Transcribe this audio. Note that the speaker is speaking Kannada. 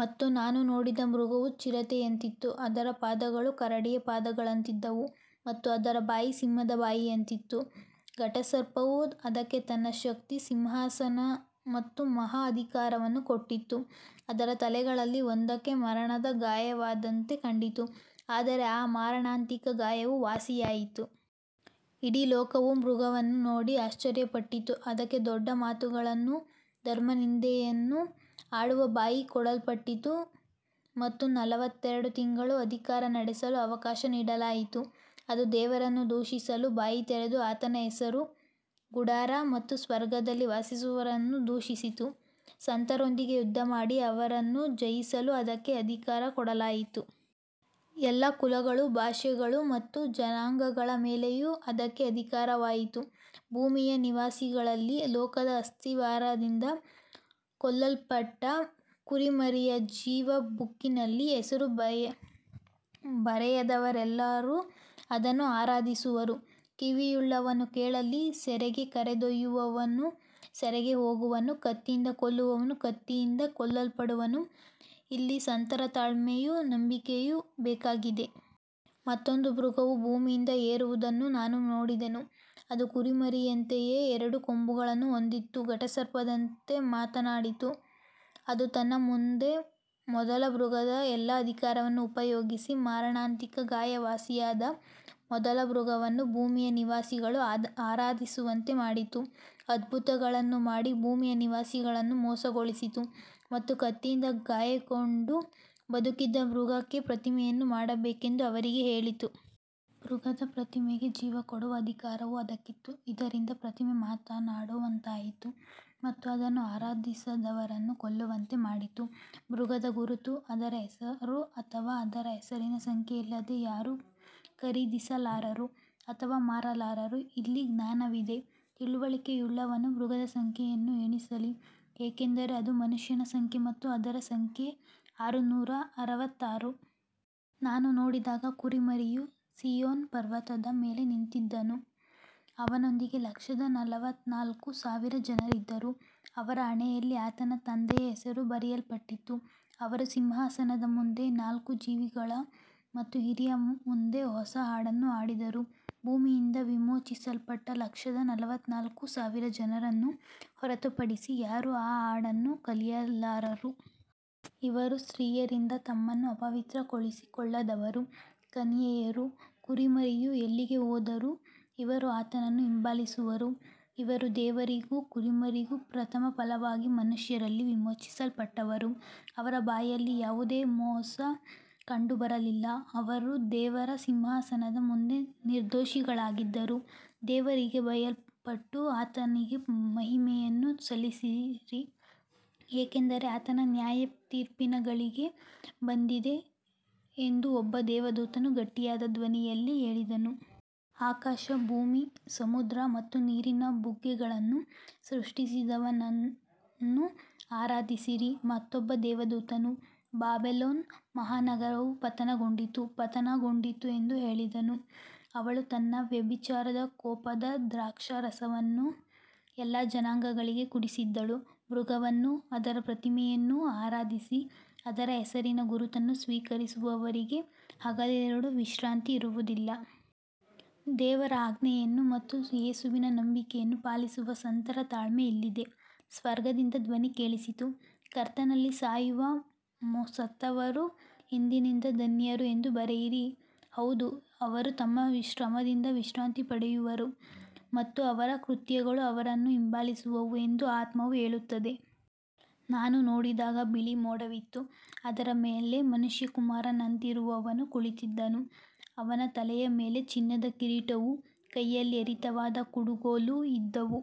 ಮತ್ತು ನಾನು ನೋಡಿದ ಮೃಗವು ಚಿರತೆಯಂತಿತ್ತು, ಅದರ ಪಾದಗಳು ಕರಡಿಯ ಪಾದಗಳಂತಿದ್ದವು ಮತ್ತು ಅದರ ಬಾಯಿ ಸಿಂಹದ ಬಾಯಿಯಂತಿತ್ತು. ಘಟಸರ್ಪವು ಅದಕ್ಕೆ ತನ್ನ ಶಕ್ತಿ, ಸಿಂಹಾಸನ ಮತ್ತು ಮಹಾ ಅಧಿಕಾರವನ್ನು ಕೊಟ್ಟಿತು. ಅದರ ತಲೆಗಳಲ್ಲಿ ಒಂದಕ್ಕೆ ಮರಣದ ಗಾಯವಾದಂತೆ ಕಂಡಿತು, ಆದರೆ ಆ ಮಾರಣಾಂತಿಕ ಗಾಯವು ವಾಸಿಯಾಯಿತು. ಇಡೀ ಲೋಕವು ಮೃಗವನ್ನು ನೋಡಿ ಆಶ್ಚರ್ಯಪಟ್ಟಿತು. ಅದಕ್ಕೆ ದೊಡ್ಡ ಮಾತುಗಳನ್ನೂ ಧರ್ಮನಿಂದೆಯನ್ನೂ ಆಡುವ ಬಾಯಿ ಕೊಡಲ್ಪಟ್ಟಿತು ಮತ್ತು ನಲವತ್ತೆರಡು ತಿಂಗಳು ಅಧಿಕಾರ ನಡೆಸಲು ಅವಕಾಶ ನೀಡಲಾಯಿತು. ಅದು ದೇವರನ್ನು ದೂಷಿಸಲು ಬಾಯಿ ತೆರೆದು ಆತನ ಹೆಸರು, ಗುಡಾರ ಮತ್ತು ಸ್ವರ್ಗದಲ್ಲಿ ವಾಸಿಸುವವರನ್ನು ದೂಷಿಸಿತು. ಸಂತರೊಂದಿಗೆ ಯುದ್ಧಮಾಡಿ ಅವರನ್ನು ಜಯಿಸಲು ಅದಕ್ಕೆ ಅಧಿಕಾರ ಕೊಡಲಾಯಿತು. ಎಲ್ಲ ಕುಲಗಳು, ಭಾಷೆಗಳು ಮತ್ತು ಜನಾಂಗಗಳ ಮೇಲೆಯೂ ಅದಕ್ಕೆ ಅಧಿಕಾರವಾಯಿತು. ಭೂಮಿಯ ನಿವಾಸಿಗಳಲ್ಲಿ, ಲೋಕದ ಅಸ್ತಿವಾರದಿಂದ ಕೊಲ್ಲಲ್ಪಟ್ಟ ಕುರಿಮರಿಯ ಜೀವಬುಕ್ಕಿನಲ್ಲಿ ಹೆಸರು ಬರೆಯದವರೆಲ್ಲರೂ ಅದನ್ನು ಆರಾಧಿಸುವರು. ಕಿವಿಯುಳ್ಳವನು ಕೇಳಲಿ. ಸೆರೆಗೆ ಕರೆದೊಯ್ಯುವವನು ಸೆರೆಗೆ ಹೋಗುವನು, ಕತ್ತಿಯಿಂದ ಕೊಲ್ಲುವವನು ಕತ್ತಿಯಿಂದ ಕೊಲ್ಲಲ್ಪಡುವನು. ಇಲ್ಲಿ ಸಂತರ ತಾಳ್ಮೆಯೂ ನಂಬಿಕೆಯೂ ಬೇಕಾಗಿದೆ. ಮತ್ತೊಂದು ಮೃಗವು ಭೂಮಿಯಿಂದ ಏರುವುದನ್ನು ನಾನು ನೋಡಿದೆನು. ಅದು ಕುರಿಮರಿಯಂತೆಯೇ ಎರಡು ಕೊಂಬುಗಳನ್ನು ಹೊಂದಿದ್ದು ಘಟಸರ್ಪದಂತೆ ಮಾತನಾಡಿತು. ಅದು ತನ್ನ ಮುಂದೆ ಮೊದಲ ಮೃಗದ ಎಲ್ಲಾ ಅಧಿಕಾರವನ್ನು ಉಪಯೋಗಿಸಿ, ಮಾರಣಾಂತಿಕ ಗಾಯ ವಾಸಿಯಾದ ಮೊದಲ ಮೃಗವನ್ನು ಭೂಮಿಯ ನಿವಾಸಿಗಳು ಆರಾಧಿಸುವಂತೆ ಮಾಡಿತು. ಅದ್ಭುತಗಳನ್ನು ಮಾಡಿ ಭೂಮಿಯ ನಿವಾಸಿಗಳನ್ನು ಮೋಸಗೊಳಿಸಿತು ಮತ್ತು ಕತ್ತಿಯಿಂದ ಗಾಯಗೊಂಡು ಬದುಕಿದ್ದ ಮೃಗಕ್ಕೆ ಪ್ರತಿಮೆಯನ್ನು ಮಾಡಬೇಕೆಂದು ಅವರಿಗೆ ಹೇಳಿತು. ಮೃಗದ ಪ್ರತಿಮೆಗೆ ಜೀವ ಕೊಡುವ ಅಧಿಕಾರವೂ ಅದಕ್ಕಿತ್ತು, ಇದರಿಂದ ಪ್ರತಿಮೆ ಮಾತನಾಡುವಂತಾಯಿತು ಮತ್ತು ಅದನ್ನು ಆರಾಧಿಸದವರನ್ನು ಕೊಲ್ಲುವಂತೆ ಮಾಡಿತು. ಮೃಗದ ಗುರುತು, ಅದರ ಹೆಸರು ಅಥವಾ ಅದರ ಹೆಸರಿನ ಸಂಖ್ಯೆಯಿಲ್ಲದೆ ಯಾರೂ ಖರೀದಿಸಲಾರರು ಅಥವಾ ಮಾರಲಾರರು. ಇಲ್ಲಿ ಜ್ಞಾನವಿದೆ. ತಿಳುವಳಿಕೆಯುಳ್ಳವನು ಮೃಗದ ಸಂಖ್ಯೆಯನ್ನು ಎಣಿಸಲಿ, ಏಕೆಂದರೆ ಅದು ಮನುಷ್ಯನ ಸಂಖ್ಯೆ ಮತ್ತು ಅದರ ಸಂಖ್ಯೆ ಆರುನೂರ ಅರವತ್ತಾರು. ನಾನು ನೋಡಿದಾಗ ಕುರಿಮರಿಯು ಸೀಯೋನ್ ಪರ್ವತದ ಮೇಲೆ ನಿಂತಿದ್ದನು. ಅವನೊಂದಿಗೆ ಲಕ್ಷದ ನಲವತ್ತನಾಲ್ಕು ಸಾವಿರ ಜನರಿದ್ದರು. ಅವರ ಹಣೆಯಲ್ಲಿ ಆತನ ತಂದೆಯ ಹೆಸರು ಬರೆಯಲ್ಪಟ್ಟಿತ್ತು. ಅವರು ಸಿಂಹಾಸನದ ಮುಂದೆ, ನಾಲ್ಕು ಜೀವಿಗಳ ಮತ್ತು ಹಿರಿಯರ ಮುಂದೆ ಹೊಸ ಹಾಡನ್ನು ಹಾಡಿದರು. ಭೂಮಿಯಿಂದ ವಿಮೋಚಿಸಲ್ಪಟ್ಟ ಲಕ್ಷದ ನಲವತ್ತನಾಲ್ಕು ಸಾವಿರ ಜನರನ್ನು ಹೊರತುಪಡಿಸಿ ಯಾರೂ ಆ ಹಾಡನ್ನು ಕಲಿಯಲಾರರು. ಇವರು ಸ್ತ್ರೀಯರಿಂದ ತಮ್ಮನ್ನು ಅಪವಿತ್ರಗೊಳಿಸಿಕೊಳ್ಳದವರು, ಕನ್ಯೆಯರು. ಕುರಿಮರಿಯು ಎಲ್ಲಿಗೆ ಹೋದರೂ ಇವರು ಆತನನ್ನು ಹಿಂಬಾಲಿಸುವರು. ಇವರು ದೇವರಿಗೂ ಕುರಿಮರಿಗೂ ಪ್ರಥಮಫಲವಾಗಿ ಮನುಷ್ಯರಲ್ಲಿ ವಿಮೋಚಿಸಲ್ಪಟ್ಟವರು. ಅವರ ಬಾಯಲ್ಲಿ ಯಾವುದೇ ಮೋಸ ಕಂಡುಬರಲಿಲ್ಲ, ಅವರು ದೇವರ ಸಿಂಹಾಸನದ ಮುಂದೆ ನಿರ್ದೋಷಿಗಳಾಗಿದ್ದರು. ದೇವರಿಗೆ ಭಯಪಟ್ಟು ಆತನಿಗೆ ಮಹಿಮೆಯನ್ನು ಸಲ್ಲಿಸಿರಿ, ಏಕೆಂದರೆ ಆತನ ನ್ಯಾಯತೀರ್ಪಿನ ಗಳಿಗೆ ಬಂದಿದೆ ಎಂದು ಒಬ್ಬ ದೇವದೂತನು ಗಟ್ಟಿಯಾದ ಧ್ವನಿಯಲ್ಲಿ ಹೇಳಿದನು. ಆಕಾಶ, ಭೂಮಿ, ಸಮುದ್ರ ಮತ್ತು ನೀರಿನ ಬುಗ್ಗೆಗಳನ್ನು ಸೃಷ್ಟಿಸಿದವನನ್ನು ಆರಾಧಿಸಿರಿ. ಮತ್ತೊಬ್ಬ ದೇವದೂತನು, ಬಾಬೆಲೋನ್ ಮಹಾನಗರವು ಪತನಗೊಂಡಿತು, ಪತನಗೊಂಡಿತು ಎಂದು ಹೇಳಿದನು. ಅವಳು ತನ್ನ ವ್ಯಭಿಚಾರದ ಕೋಪದ ದ್ರಾಕ್ಷಾರಸವನ್ನು ಎಲ್ಲಾ ಜನಾಂಗಗಳಿಗೆ ಕುಡಿಸಿದ್ದಳು. ಮೃಗವನ್ನೂ ಅದರ ಪ್ರತಿಮೆಯನ್ನೂ ಆರಾಧಿಸಿ ಅದರ ಹೆಸರಿನ ಗುರುತನ್ನು ಸ್ವೀಕರಿಸುವವರಿಗೆ ಹಗಲಿರುಳು ವಿಶ್ರಾಂತಿ ಇರುವುದಿಲ್ಲ. ದೇವರ ಆಜ್ಞೆಗಳನ್ನು ಮತ್ತು ಯೇಸುವಿನ ನಂಬಿಕೆಯನ್ನು ಪಾಲಿಸುವ ಸಂತರ ತಾಳ್ಮೆ ಇಲ್ಲಿದೆ. ಸ್ವರ್ಗದಿಂದ ಧ್ವನಿ ಕೇಳಿಸಿತು, ಕರ್ತನಲ್ಲಿ ಸಾಯುವ ಸತ್ತವರು ಇಂದಿನಿಂದ ಧನ್ಯರು ಎಂದು ಬರೆಯಿರಿ. ಹೌದು, ಅವರು ತಮ್ಮ ಶ್ರಮದಿಂದ ವಿಶ್ರಾಂತಿ ಪಡೆಯುವರು ಮತ್ತು ಅವರ ಕೃತ್ಯಗಳು ಅವರನ್ನು ಹಿಂಬಾಲಿಸುವವು ಎಂದು ಆತ್ಮವು ಹೇಳುತ್ತದೆ. ನಾನು ನೋಡಿದಾಗ ಬಿಳಿ ಮೋಡವಿತ್ತು. ಅದರ ಮೇಲೆ ಮನುಷ್ಯಕುಮಾರನಂತಿರುವವನು ಕುಳಿತಿದ್ದನು. ಅವನ ತಲೆಯ ಮೇಲೆ ಚಿನ್ನದ ಕಿರೀಟವೂ ಕೈಯಲ್ಲಿ ಹರಿತವಾದ ಕುಡುಗೋಲೂ ಇದ್ದವು.